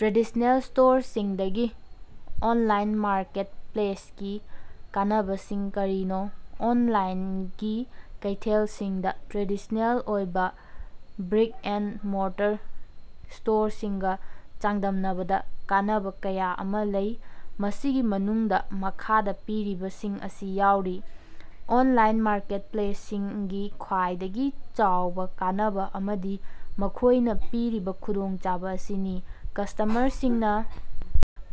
Traditional ꯁ꯭ꯇꯣꯔꯁꯤꯡꯗꯒꯤ online ꯃꯥꯔꯀꯦꯠꯞꯂꯦꯁꯀꯤ ꯀꯥꯟꯅꯕꯁꯤꯡ ꯀꯔꯤꯅꯣ? ꯑꯣꯅꯂꯥꯏꯟꯒꯤ ꯀꯩꯊꯦꯜꯁꯤꯡꯗ ꯇ꯭ꯔꯦꯗꯤꯁ꯭ꯅꯦꯜ ꯑꯣꯏꯕ ꯕ꯭ꯔꯤꯛ-ꯑꯦꯟꯗ-ꯃꯣꯔꯇꯔ ꯁ꯭ꯇꯣꯔꯁꯤꯡꯒ ꯆꯥꯡꯗꯝꯅꯕꯗ ꯀꯥꯟꯅꯕ ꯀꯌꯥ ꯑꯃ ꯂꯩ꯫ ꯃꯁꯤꯒꯤ ꯃꯅꯨꯡꯗ ꯃꯈꯥꯗ ꯄꯤꯔꯤꯕꯁꯤꯡ ꯑꯁꯤ ꯌꯥꯎꯔꯤ꯫ꯑꯣꯅꯂꯥꯏꯟ ꯃꯥꯔꯀꯦꯠꯄꯂꯦꯁꯁꯤꯡꯒꯤ ꯈ꯭ꯋꯥꯏꯗꯒꯤ ꯆꯥꯎꯕ ꯀꯥꯟꯅꯕ ꯑꯃꯗꯤ ꯃꯈꯣꯏꯅ ꯄꯤꯔꯤꯕ ꯈꯨꯗꯣꯡꯆꯥꯕ ꯑꯁꯤꯅꯤ꯫ ꯀꯁ꯭ꯇꯃꯔꯁꯤꯡꯅ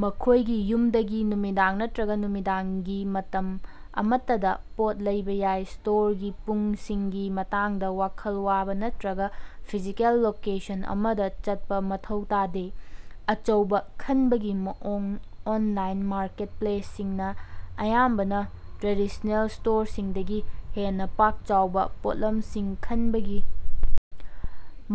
ꯃꯈꯣꯏꯒꯤ ꯌꯨꯝꯗꯒꯤ ꯅꯨꯃꯤꯗꯥꯡ ꯅꯠꯇꯔꯒ ꯅꯨꯃꯤꯗꯥꯡꯒꯤ ꯃꯇꯝ ꯑꯃꯠꯇꯗ ꯄꯣꯠ ꯂꯩꯕ ꯌꯥꯏ꯫ꯁ꯭ꯇꯣꯔꯒꯤ ꯄꯨꯡꯁꯤꯡꯒꯤ ꯃꯇꯥꯡꯗ ꯋꯥꯈꯜ ꯋꯥꯕ ꯅꯠꯇꯔꯒ ꯐꯤꯖꯤꯀꯦꯜ ꯂꯣꯀꯦꯁꯟ ꯑꯃꯗ ꯆꯠꯄ ꯃꯊꯧ ꯇꯥꯗꯦ꯫ ꯑꯆꯧꯕ ꯈꯟꯕꯒꯤ ꯃꯑꯣꯡ ꯑꯣꯅꯂꯥꯏꯟ ꯃꯥꯔꯀꯦꯠꯄꯂꯦꯁꯁꯤꯡꯅ ꯑꯌꯥꯝꯕꯅ ꯇ꯭ꯔꯦꯗꯤꯁ꯭ꯅꯦꯜ ꯁ꯭ꯇꯣꯔꯁꯤꯡꯗꯒꯤ ꯍꯦꯟꯅ ꯄꯥꯛ-ꯆꯥꯎꯕ ꯄꯣꯠꯂꯝꯁꯤꯡ ꯈꯟꯕꯒꯤ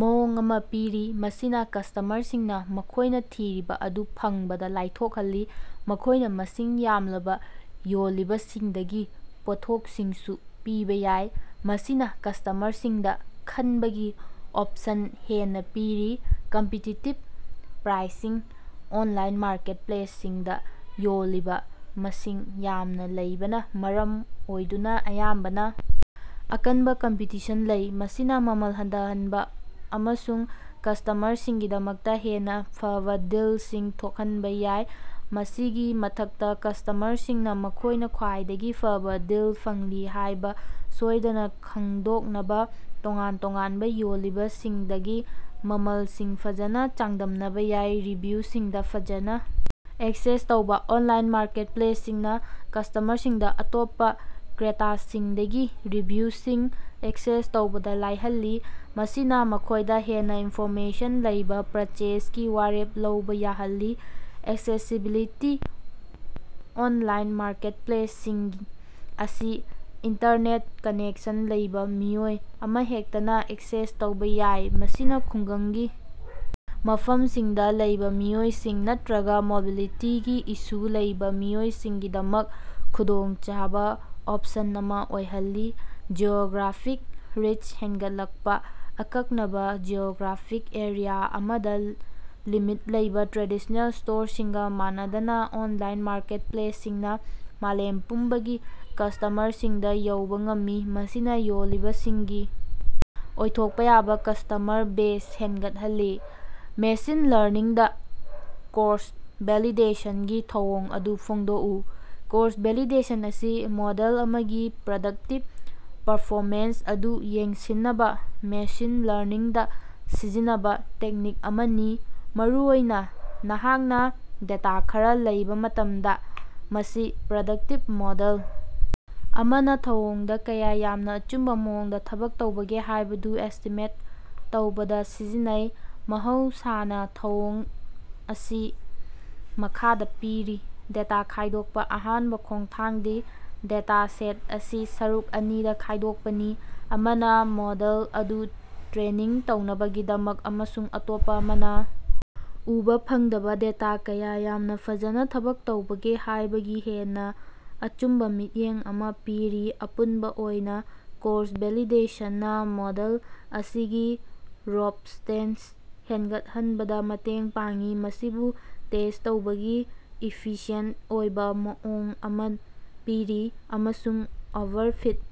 ꯃꯑꯣꯡ ꯑꯃ ꯄꯤꯔꯤ꯫ꯃꯁꯤꯅ ꯀꯁ꯭ꯇꯃꯔꯁꯤꯡꯅ ꯃꯈꯣꯏꯅ ꯊꯤꯔꯤꯕ ꯑꯗꯨ ꯐꯪꯕꯗ ꯂꯥꯏꯊꯣꯛꯍꯜꯂꯤ꯫ ꯃꯈꯣꯏꯅ ꯃꯁꯤꯡ ꯌꯥꯝꯂꯕ ꯌꯣꯜꯂꯤꯕꯁꯤꯡꯗꯒꯤ ꯄꯣꯠꯊꯣꯛꯁꯤꯡꯁꯨ ꯄꯤꯕ ꯌꯥꯏ꯫ ꯃꯁꯤꯅ ꯀꯁ꯭ꯇꯃꯔꯁꯤꯡꯗ ꯈꯟꯕꯒꯤ ꯑꯣꯞꯁꯟ ꯍꯦꯟꯅ ꯄꯤꯔꯤ꯫ ꯀꯝꯄꯤꯇꯤꯇꯤꯚ ꯄ꯭ꯔꯥꯏꯁꯤꯡ ꯑꯣꯅꯂꯥꯏꯟ ꯃꯥꯔꯀꯦꯠꯞꯂꯦꯁꯁꯤꯡꯗ ꯌꯣꯜꯂꯤꯕ ꯃꯁꯤꯡ ꯌꯥꯝꯅ ꯂꯩꯕꯅ ꯃꯔꯝ ꯑꯣꯏꯗꯨꯅ ꯑꯌꯥꯝꯕꯅ ꯑꯀꯟꯕ ꯀꯝꯄꯤꯇꯤꯁꯟ ꯂꯩ꯫ ꯃꯁꯤꯅ ꯃꯃꯜ ꯍꯟꯊꯕ ꯑꯃꯁꯨꯡ ꯀꯁ꯭ꯇꯃꯔꯁꯤꯡꯒꯤꯗꯃꯛꯇ ꯍꯦꯟꯅ ꯐꯕ ꯗꯤꯜꯁꯤꯡ ꯊꯣꯛꯍꯟꯕ ꯌꯥꯏ꯫ ꯃꯁꯤꯒꯤ ꯃꯊꯛꯇ ꯀꯁ꯭ꯇꯃꯔꯁꯤꯡꯅ ꯃꯈꯣꯏꯅ ꯈ꯭ꯋꯥꯏꯗꯒꯤ ꯐꯕ ꯗꯤꯜ ꯐꯪꯂꯤ ꯍꯥꯏꯕ ꯁꯣꯏꯗꯅ ꯈꯪꯗꯣꯛꯅꯕ ꯇꯣꯉꯥꯟ ꯇꯣꯉꯥꯟꯕ ꯌꯣꯜꯂꯤꯕꯁꯤꯡꯗꯒꯤ ꯃꯃꯜꯁꯤꯡ ꯐꯖꯅ ꯆꯥꯡꯗꯝꯅꯕ ꯌꯥꯏ꯫ ꯔꯤꯚꯤꯌꯨꯁꯤꯡꯗ ꯐꯖꯅ ꯑꯦꯛꯁꯦꯁ ꯇꯧꯕ ꯑꯣꯅꯂꯥꯏꯟ ꯃꯥꯔꯀꯦꯠꯄꯂꯦꯁꯁꯤꯡꯅ ꯀꯁ꯭ꯇꯃꯔꯁꯤꯡꯗ ꯑꯇꯣꯞꯄ ꯀ꯭ꯔꯦꯇꯥꯁꯤꯡꯗꯒꯤ ꯔꯤꯚꯤꯌꯨꯁꯤꯡ ꯑꯦꯛꯁꯦꯁ ꯇꯧꯕꯗ ꯂꯥꯏꯍꯜꯂꯤ, ꯃꯁꯤꯅ ꯃꯈꯣꯏꯗ ꯍꯦꯟꯅ ꯏꯟꯐꯣꯔꯃꯦꯁꯟ ꯂꯩꯕ ꯄꯔꯆꯦꯖꯒꯤ ꯋꯥꯔꯦꯞ ꯂꯧꯕ ꯌꯥꯍꯜꯂꯤ꯫ ꯑꯦꯛꯁꯦꯁꯤꯕꯤꯂꯤꯇꯤ ꯑꯣꯅꯂꯥꯏꯟ ꯃꯥꯔꯀꯦꯠꯄꯂꯦꯁꯁꯤꯡ ꯑꯁꯤ ꯏꯟꯇꯔꯅꯦꯠ ꯀꯅꯦꯛꯁꯟ ꯂꯩꯕ ꯃꯤꯑꯣꯏ ꯑꯃꯍꯦꯛꯇꯅ ꯑꯦꯛꯁꯦꯁ ꯇꯧꯕ ꯌꯥꯏ꯫ꯃꯁꯤꯅ ꯈꯨꯡꯒꯪꯒꯤ ꯃꯐꯝꯁꯤꯡꯗ ꯂꯩꯕ ꯃꯤꯑꯣꯏꯁꯤꯡ ꯅꯠꯇꯔꯒ ꯃꯣꯕꯤꯂꯤꯇꯤꯒꯤ ꯏꯁꯨ ꯂꯩꯕ ꯃꯤꯑꯣꯏꯁꯤꯡꯒꯤꯗꯃꯛ ꯈꯨꯗꯣꯡꯆꯥꯕ ꯑꯣꯞꯁꯟ ꯑꯃ ꯑꯣꯏꯍꯜꯂꯤ꯫ ꯖꯤꯑꯣꯒ꯭ꯔꯥꯐꯤꯛ ꯔꯤꯆ ꯍꯦꯟꯒꯠꯂꯛꯄ ꯑꯀꯛꯅꯕꯥ ꯖꯤꯑꯣꯒ꯭ꯔꯥꯐꯤꯛ ꯑꯦꯔꯤꯌꯥ ꯑꯃꯗ ꯂꯤꯃꯤꯠ ꯂꯩꯕ ꯇ꯭ꯔꯦꯗꯤꯁ꯭ꯅꯦꯜ ꯁ꯭ꯇꯣꯔꯁꯤꯡꯒ ꯃꯥꯟꯅꯗꯅ, ꯑꯣꯅꯂꯥꯏꯟ ꯃꯥꯔꯀꯦꯠꯄꯂꯦꯁꯁꯤꯡꯅ ꯃꯥꯂꯦꯝ ꯄꯨꯝꯕꯒꯤ ꯀꯁ꯭ꯇꯃꯔꯁꯤꯡꯗ ꯌꯧꯕ ꯉꯝꯃꯤ, ꯃꯁꯤꯅ ꯌꯣꯜꯂꯤꯕꯁꯤꯡꯒꯤ ꯑꯣꯏꯊꯣꯛꯄ ꯌꯥꯕ ꯀꯁ꯭ꯇꯃꯔ ꯕꯦꯖ ꯍꯦꯟꯒꯠꯍꯜꯂꯤ꯫ ꯃꯦꯁꯤꯟ ꯂꯔꯅꯤꯡꯗ ꯀ꯭ꯔꯣꯁ-ꯚꯦꯂꯤꯗꯦꯁꯟꯒꯤ ꯊꯧꯑꯣꯡ ꯑꯗꯨ ꯐꯣꯡꯗꯣꯛꯎ꯫ ꯀ꯭ꯔꯣꯁ-ꯚꯦꯂꯤꯗꯦꯁꯟ ꯑꯁꯤ ꯃꯣꯗꯦꯜ ꯑꯃꯒꯤ ꯄ꯭ꯔꯤꯗꯤꯛꯇꯤꯚ ꯄꯔꯐꯣꯃꯦꯟꯁ ꯑꯗꯨ ꯌꯦꯡꯁꯤꯟꯅꯕ ꯃꯦꯁꯤꯟ ꯂꯔꯅꯤꯡꯗ ꯁꯤꯖꯤꯟꯅꯕ ꯇꯦꯛꯅꯤꯛ ꯑꯃꯅꯤ꯫ ꯃꯔꯨꯑꯣꯏꯅ ꯅꯍꯥꯛꯅ ꯗꯦꯇꯥ ꯈꯔ ꯂꯩꯕ ꯃꯇꯝꯗ꯫ ꯃꯁꯤ ꯄ꯭ꯔꯤꯗꯤꯛꯇꯤꯚ ꯃꯣꯗꯦꯜ ꯑꯃꯅ ꯊꯧꯑꯣꯡꯗ ꯀꯌꯥ ꯌꯥꯝꯅ ꯑꯆꯨꯝꯕ ꯃꯑꯣꯡꯗ ꯊꯕꯛ ꯇꯧꯕꯒꯦ ꯍꯥꯏꯕꯗꯨ ꯑꯦꯁ꯭ꯇꯤꯃꯦꯠ ꯇꯧꯕꯗ ꯁꯤꯖꯤꯟꯅꯩ꯫ ꯃꯍꯧꯁꯥꯅ ꯊꯧꯑꯣꯡ ꯑꯁꯤ ꯃꯈꯥꯗ ꯄꯤꯔꯤ ꯗꯦꯇꯥ ꯈꯥꯏꯗꯣꯛꯄ ꯑꯍꯥꯟꯕ ꯈꯣꯡꯊꯥꯡꯗꯤ ꯗꯦꯇꯥꯁꯦꯠ ꯑꯁꯤ ꯁꯔꯨꯛ ꯑꯅꯤꯗ ꯈꯥꯏꯗꯣꯛꯄꯅꯤ꯫ꯑꯃꯅ ꯃꯣꯗꯦꯜ ꯑꯗꯨ ꯇ꯭ꯔꯦꯅꯤꯡ ꯇꯧꯅꯕꯒꯤꯗꯃꯛ ꯑꯃꯁꯨꯡ ꯑꯇꯣꯞꯄ ꯑꯃꯅ ꯎꯕ ꯐꯪꯗꯕ ꯗꯦꯇꯥꯗ ꯀꯌꯥ ꯌꯥꯝꯅ ꯐꯖꯅ ꯊꯕꯛ ꯇꯧꯕꯒꯦ ꯍꯥꯏꯕꯒꯤ ꯍꯦꯟꯅ ꯑꯆꯨꯝꯕ ꯃꯤꯠꯌꯦꯡ ꯑꯃ ꯄꯤꯔꯤ꯫ ꯑꯄꯨꯟꯕ ꯑꯣꯏꯅ ꯀ꯭ꯔꯣꯁ-ꯚꯦꯂꯤꯗꯦꯁꯟꯅ ꯃꯣꯗꯦꯜ ꯑꯁꯤꯒꯤ ꯔꯣꯕꯁ꯭ꯇꯦꯟꯁ ꯍꯦꯟꯒꯠꯍꯟꯕꯗ ꯃꯇꯦꯡ ꯄꯥꯡꯏ, ꯃꯁꯤꯕꯨ ꯇꯦꯁ꯭ꯠ ꯇꯧꯕꯒꯤ ꯏꯐꯤꯁꯤꯌꯦꯟꯠ ꯑꯣꯏꯕ ꯃꯑꯣꯡ ꯑꯃ ꯄꯤꯔꯤ ꯑꯃꯁꯨꯡ ꯑꯣꯚꯔꯐꯤꯠ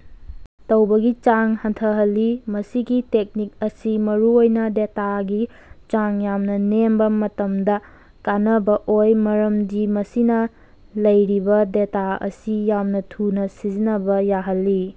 ꯇꯧꯕꯒꯤ ꯆꯥꯡ ꯍꯟꯊꯍꯜꯂꯤ꯫ ꯃꯁꯤꯒꯤ ꯇꯦꯛꯅꯤꯛ ꯑꯁꯤ ꯃꯔꯨꯑꯣꯏꯅ ꯗꯦꯇꯥꯒꯤ ꯆꯥꯡ ꯌꯥꯝꯅ ꯅꯦꯝꯕ ꯃꯇꯝꯗ ꯀꯥꯟꯅꯕ ꯑꯣꯏ, ꯃꯔꯝꯗꯤ ꯃꯁꯤꯅ ꯂꯩꯔꯤꯕ ꯗꯦꯇꯥ ꯑꯁꯤ ꯌꯥꯝꯅ ꯊꯨꯅ ꯁꯤꯖꯤꯟꯅꯕ ꯌꯥꯍꯜꯂꯤ꯫